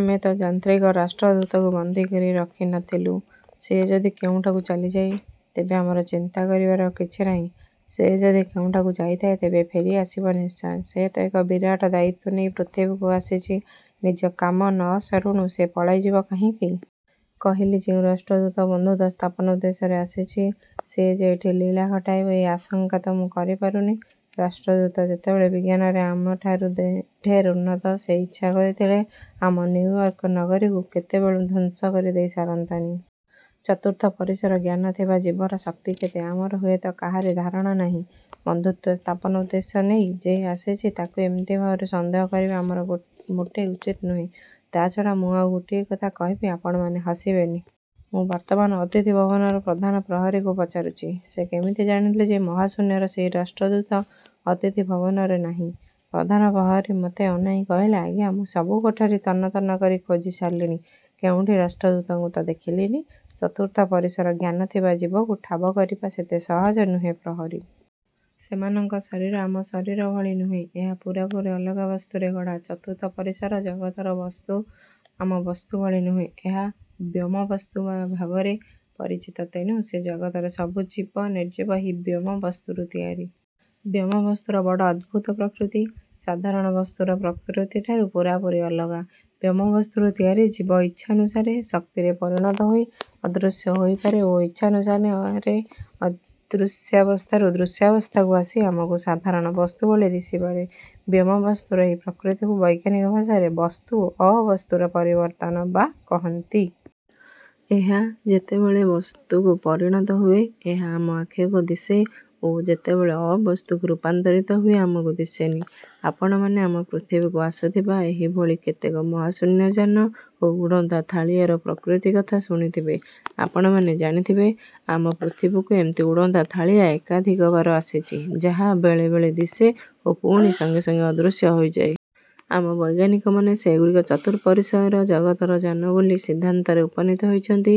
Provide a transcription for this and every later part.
ଆମେ ତ ଯାନ୍ତ୍ରିକ ରାଷ୍ଟ୍ରଦୂତକୁ ବନ୍ଦୀକରି ରଖି ନ ଥିଲୁ, ସେ ଯଦି କେଉଁଠାକୁ ଚାଲିଯାଏ, ତେବେ ଆମର ଚିନ୍ତା କରିବାର କିଛି ନାହିଁ। ସେ ଯଦି କେଉଁଠାକୁ ଯାଇଥାଏ, ତେବେ ଫେରିଆସିବ ନିଶ୍ଚୟ। ସେ ତ ଏକ ବିରାଟ ଦାୟିତ୍ୱ ନେଇ ପୃଥିବୀକୁ ଆସିଛି ନିଜ କାମ ନ ସରୁଣୁ ସେ ପଳାଇଯିବ କାହିଁକି? କହିଲି, ଯେଉଁ ରାଷ୍ଟ୍ରଦୂତ ବନ୍ଧୁତା ସ୍ଥାପନ ଉଦ୍ଦେଶ୍ୟରେ ଆସିଛି, ସେ ଯେ ଏଠି ଲୀଳା ଘଟାଇବ ଏ ଆଶଙ୍କା ତ ମୁଁ କରି ପାରୁନି। ରାଷ୍ଟ୍ରଦୂତ ଯେତେବେଳେ ବିଜ୍ଞାନରେ ଆମଠାରୁ ଢେର ଉନ୍ନତ ସେ ଇଚ୍ଛା କରିଥିଲେ, ଆମ ନିଉୟର୍କ ନଗରୀକୁ କେତେବେଳୁଁ ଧ୍ୱଂସ କରି ଦେଇ ସାରନ୍ତାଣି। ଚତୁର୍ଥ ପରିସର ଜ୍ଞାନ ଥିବା ଜୀବର ଶକ୍ତି କେତେ ଆମର ହୁଅତ କାହାରି ଧାରଣା ନାହିଁ, ବନ୍ଧୁତ୍ୱସ୍ଥାପନ ଉଦ୍ଦେଶ୍ୟ ନେଇ ଯେ ଆସିଛି, ତାକୁ ଏମିତି ଭାବରେ ସନ୍ଦେହ କରିବା ଆମର ମୋଟେ ଉଚିତ୍ ନୁହେଁ। ତା ଛଡ଼ା ମୁଁ ଆଉ ଗୋଟିଏ କଥା କହିବି, ଆପଣମାନେ ହସିବେନି। ମୁଁ ବର୍ତ୍ତମାନ ଅତିଥିଭବନର ପ୍ରଧାନ ପ୍ରହରୀକୁ ପଚାରୁଛି, ସେ କେମିତି ଜାଣିଲେ ଯେ ମହାଶୂନ୍ୟର ସେହି ରାଷ୍ଟ୍ରଦୂତ ଅତିଥିଭବନରେ ନାହିଁ। ପ୍ରଧାନ ପ୍ରହରୀ ମୋତେ ଅନାଇଁ କହିଲା ଆଜ୍ଞା, ମୁଁ ସବୁ କୋଠରୀ ତନ୍ନତନ୍ନ କରି ଖୋଜି ସାରିଲିଣି କେଉଁଠି ରାଷ୍ଟ୍ରଦୂତଙ୍କୁ ତ ଦେଖିଲିନି। ଚତୁର୍ଥ ପରିସର ଜ୍ଞାନ ଥିବା ଜୀବକୁ ଠାବ କରିବା ସେତେ ସହଜ ନୁହେ ପ୍ରହରୀ। ସେମାନଙ୍କ ଶରୀର ଆମ ଶରୀର ଭଳି ନୁହେଁ ଏହା ପୂରାପୂରି ଅଲଗା ବସ୍ତୁରେ ଗଢ଼ା। ଚତୁର୍ଥ ପରିସର ଜଗତର ବସ୍ତୁ ଆମ ବସ୍ତୁଭଳି ନୁହେଁ। ଏହା ବ୍ୟୋମବସ୍ତୁ ବା ଭାବରେ। ପରିଚିତ; ତେଣୁ ସେ ଜଗତରେ ସବୁ ଜୀବ, ନିର୍ଜୀବ, ଏହି ବ୍ୟୋମ ବସ୍ତୁରୁ ତିଆରି। ବ୍ୟୋମବସ୍ତୁର ବଡ଼ ଅଦ୍ଭୁତ ପ୍ରକୃତି; ସାଧାରଣ ବସ୍ତୁର ପ୍ରକୃତି ଠାରୁ ପୂରାପୂରି ଅଲଗା। ବ୍ୟୋମବସ୍ତୁରୁ ତିଆରି ଜୀବ ଇଚ୍ଛାନୁସାରେ ଶକ୍ତିରେ ପରିଣତ ହୋଇ ଅଦୃଶ୍ୟ ହୋଇପାରେ ଓ ଇଛାନୁସାରେ ଅଦୃଶ୍ୟାବସ୍ଥାରୁ ଦୃଶ୍ୟାବସ୍ଥାକୁ ଆସି ଆମକୁ ସାଧାରଣ ବସ୍ତୁଭଳି ଦିଶିପାରେ। ବ୍ୟୋମବସ୍ତୁର ଏହି ପ୍ରକୃତିକୁ ବୈଜ୍ଞାନିକ ଭାଷାରେ ବସ୍ତୁ ଅବସ୍ତୁର ପରିବର୍ତ୍ତନ ବା କହନ୍ତି। ଏହା ଯେତେବେଳେ ବସ୍ତୁକୁ ପରିଣତ ହୁଏ ଏହା ଆମ ଆଖିକୁ ଦିଶେ ଓ ଯେତେବେଳେ ଅବସ୍ତୁକୁ ରୂପାନ୍ତରିତ ହୁଏ, ଆମକୁ ଦିଶେନି । ଆପଣମାନେ ଆମ ପୃଥିବୀକୁ ଆସୁଥିବା ଏହିଭଳି କେତେକ ମହାଶୂନ୍ୟ ଯାନ ଓ ଉଡ଼ନ୍ତା ଥାଳିଆର ପ୍ରକୃତି କଥା ଶୁଣିଥିବେ। ଆପଣମାନେ ଜାଣିଥିବେ, ଆମ ପୃଥିବୀକୁ ଏମିତି ଉଡ଼ନ୍ତା ଥାଳିଆ ଏକାଧିକବାର ଆସିଛି, ଯାହା ବେଳେ ବେଳେ ଦିଶେ ଓ ପୁଣି ସଙ୍ଗେ ସଙ୍ଗେ ଅଦୃଶ୍ୟ ହୋଇଯାଏ। ଆମ ବୈଜ୍ଞାନିକମାନେ ସେଗୁଡ଼ିକ ଚତୁଃପରିସର ଜଗତର ଯାନ ବୋଲି ସିଦ୍ଧାନ୍ତରେ ଉପନୀତ ହୋଇଛନ୍ତି।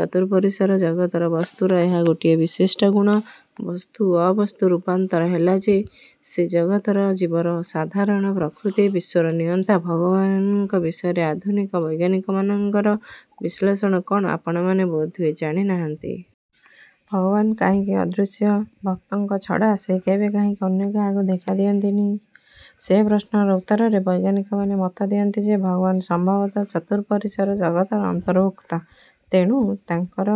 ଚତୁଃପରିସର ଜଗତର ବସ୍ତୁର ଏହା ଗୋଟିଏ ବିଶିଷ୍ଟ ଗୁଣ। ବସ୍ତୁ ଅବସ୍ତୁ ରୂପାନ୍ତର ହେଲା ସେ ଜଗତର ଜୀବର ସାଧାରଣ ପ୍ରକୃତି। ବିଶ୍ୱର ନିୟନ୍ତା ଭଗବାନଙ୍କ ବିଷୟରେ ଆଧୁନିକ ବୈଜ୍ଞାନିକମାନଙ୍କର ବିଶ୍ଳେଷଣ କ'ଣ ଆପଣମାନେ ବୋଧହୁଏ ଜାଣିନାହାନ୍ତି। ଭଗବାନ କାହିଁକି ଅଦୃଶ୍ୟ, ଭକ୍ତଙ୍କ ଛଡ଼ା ସେ କେବେ କାହିଁକି ଅନ୍ୟ କାହାକୁ ଦେଖା ଦିଅନ୍ତିନି, ସେ ପ୍ରଶ୍ନର ଉତ୍ତରରେ ବୈଜ୍ଞାନିକମାନେ ମତ ଦିଅନ୍ତି ଯେ ଭଗବାନ ସମ୍ଭବତଃ ଚତୁଃପରିସର ଜଗତର ଅନ୍ତର୍ଭୁକ୍ତ ତେଣୁ ତାଙ୍କର